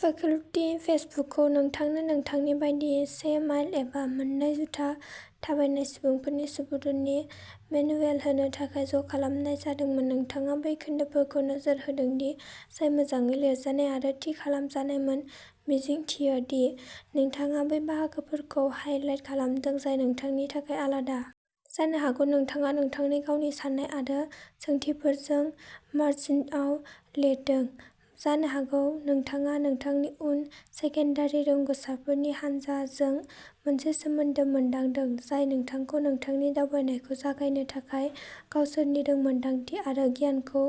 Faculty पैचबुकखौ नोंथांनो नोंथांनि बायदि से माइल एबा मोननै जुथा थाबायनाय सुबुंफोरनि सुबुरुननि मेनुएल होनो थाखाय ज'खालामनाय जादोंमोन। नोंथाङा बै खोन्दोफोरखौ नोजोर होदोंदि जाय मोजाङै लिरजानाय आरो थि खालामजानायमोन, मिजिंथियो दि नोंथाङा बै बाहागोफोरखौ हाइलाइट खालामदों जाय नोंथांनि थाखाय आलादा। जानो हागौ नोंथाङा नोंथांनि गावनि साननाय आरो सोंथिफोरजों 'मार्जिनआव लिरदों'। जानो हागौ नोंथाङा नोंथांनि उन सेकेन्डारि रोंग'सारफोरनि हान्जाजों मोनसे सोमोन्दो मोनदांदों, जाय नोंथांखौ नोंथांनि दावबायनायखौ जागायनो थाखाय गावसोरनि रोंमोनदांथि आरो गियानखौ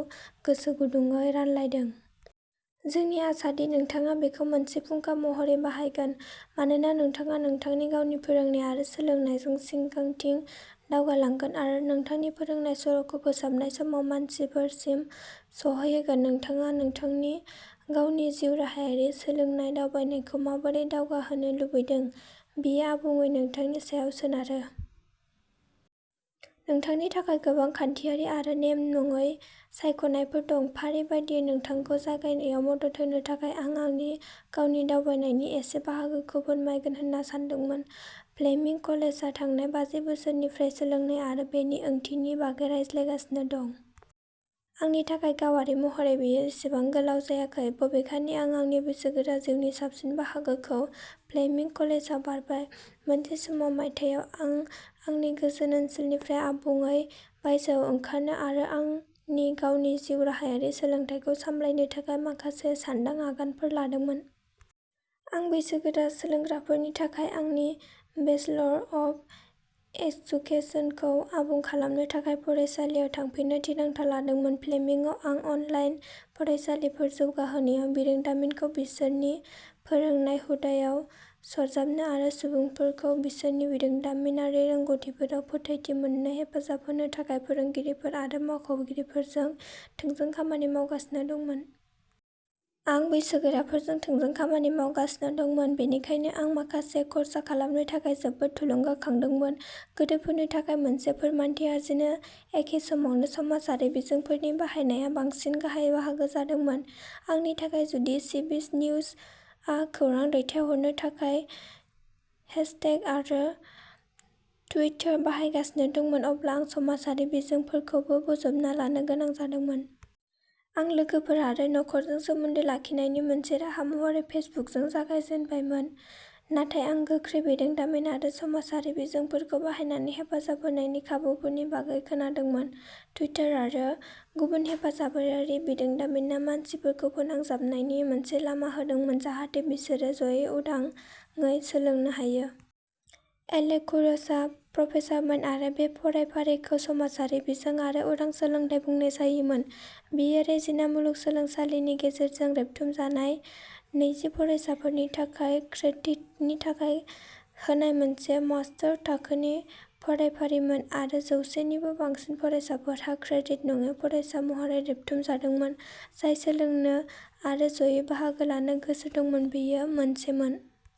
गोसोगुदुंयै रानलायदों। जोंनि आसा दि नोंथाङा बेखौ मोनसे फुंखा महरै बाहायगोन मानोना नोंथाङा नोंथांनि गावनि फोरोंनाय आरो सोलोंनायजों सिगांथिं दावगालांगोन आरो नोंथांनि फोरोंनाय सर'खौ फोसाबनाय समाव मानसिफोरसिम सौहैगोन। नोंथाङा नोंथांनि गावनि जिउराहायारि सोलोंनाय दावबायनायखौ माबोरै दावगाहोनो लुबैदों बेयो आबुङै नोंथांनि सायाव सोनारो। नोंथांनि थाखाय गोबां खान्थियारि आरो नेम नङै सायख'नायफोर दं। फारि बायदियै नोंथांखौ जागायनायाव मदद होनो थाखाय आं आंनि गावनि दावबायनायनि एसे बाहागोखौ फोरमायगोन होनना सानदोंमोन। फ्लेमिंग कलेजआ थांनाय बाजि बोसोरफोरनिफ्राय सोलोंनाय आरो बेनि ओंथिनि बागै रायज्लायगासिनो दं। आंनि थाखाय गावारि महरै बेयो एसेबां गोलाव जायाखै, बबेखानि आं आंनि बैसोगोरा जिउनि साबसिन बाहागोखौ फ्लेमिंग कलेजाव बारबाय। मोनसे समाव मायथाइयाव आं आंनि गोजोन ओनसोलनिफ्राय आबुङै बायजोआव ओंखारनो आरो आंनि गावनि जिउ राहायारि सोलोंथाइखौ सामलायनो थाखाय माखासे सान्दां आगानफोर लादोंमोन। आं बैसोगोरा सोलोंग्राफोरनि थाखाय आंनि बेचलर अफ एजुकेसनखौ आबुं खालामनो थाखाय फरायसालियाव थांफिननो थिरांथा लादोंमोन। फ्लेमिंगआव आं अनलाइन फरायफारिफोर जौगाहोनायाव बिरोंदामिनखौ बिसोरनि फोरोंनाय हुदाआव सरजाबनो आरो सुबुंफोरखौ बिसोरनि बिरोंदामिनारि रोंग'थिफोराव फोथायथि मोननो हेफाजाब होनो थाखाय फोरोंगिरिफोर आरो मावख'गिरिफोरजों थोंजों खामानि मावगासिनो दंमोन। आं बैसोगोराफोरजों थोंजों खामानि मावगासिनो दंमोन, बेनिखायनो आं माखासे खर्सा खालामनो थाखाय जोबोद थुलुंगाखांदोंमोन। गोरोबहोनो थाखाय मोनसे फोरमानथि आरजिनो एखे समावनो समाजारि बिजोंफोरनि बाहायनाया बांसिन गाहाय बाहागो जादोंमोन। आंनि थाखाय जुदि सिबिसि निउसआ खौरां दैथायहरनो थाखाय हैशटेग आरो टुइटार बाहायगासिनो दंमोन, अब्ला आं समाजारि बिजोंफोरखौबो बोजबना लानो गोनां जादोंमोन। आं लोगोफोर आरो नखरजों सोमोन्दो लाखिनायनि मोनसे राहा महरै फेसबुकजों जागायजेनबायमोन, नाथाय आं गोख्रै बिरोंदामिन आरो समाजारि बिजोंफोरखौ बाहायनानै हेफाजाब होनायनि खाबुफोरनि बागै खोनादोंमोन। टुइटार आरो गुबुन हेफाजाबारि बिरोंदामिनआ मानसिफोरखौ फोनांजाबनायनि मोनसे लामा होदोंमोन जाहाथे बिसोरो जयै, उदाङै सोलोंनो हायो। एलेक कुर'सआ प्रफेसारमोन आरो बे फरायफारिखौ समाजारि बिजों आरो उदां सोलोंथाय बुंनाय जायोमोन । बेयो रेजिना मुलुगसोलोंसालिनि गेजेरजों रेबथुमजानाय नैजि फरायसाफोरनि थाखाय क्रेडिटनि थाखाय होनाय मोनसे मास्टार्स थाखोनि फरायफारिमोन आरो जौसे निबो बांसिन फरायसाफोरा क्रेडिट नङि फरायसा महरै रेबथुमजादोंमोन जाय सोलोंनो आरो ज'यै बाहागो लानो गोसो दंमोन। बेयो मोनसेमोन।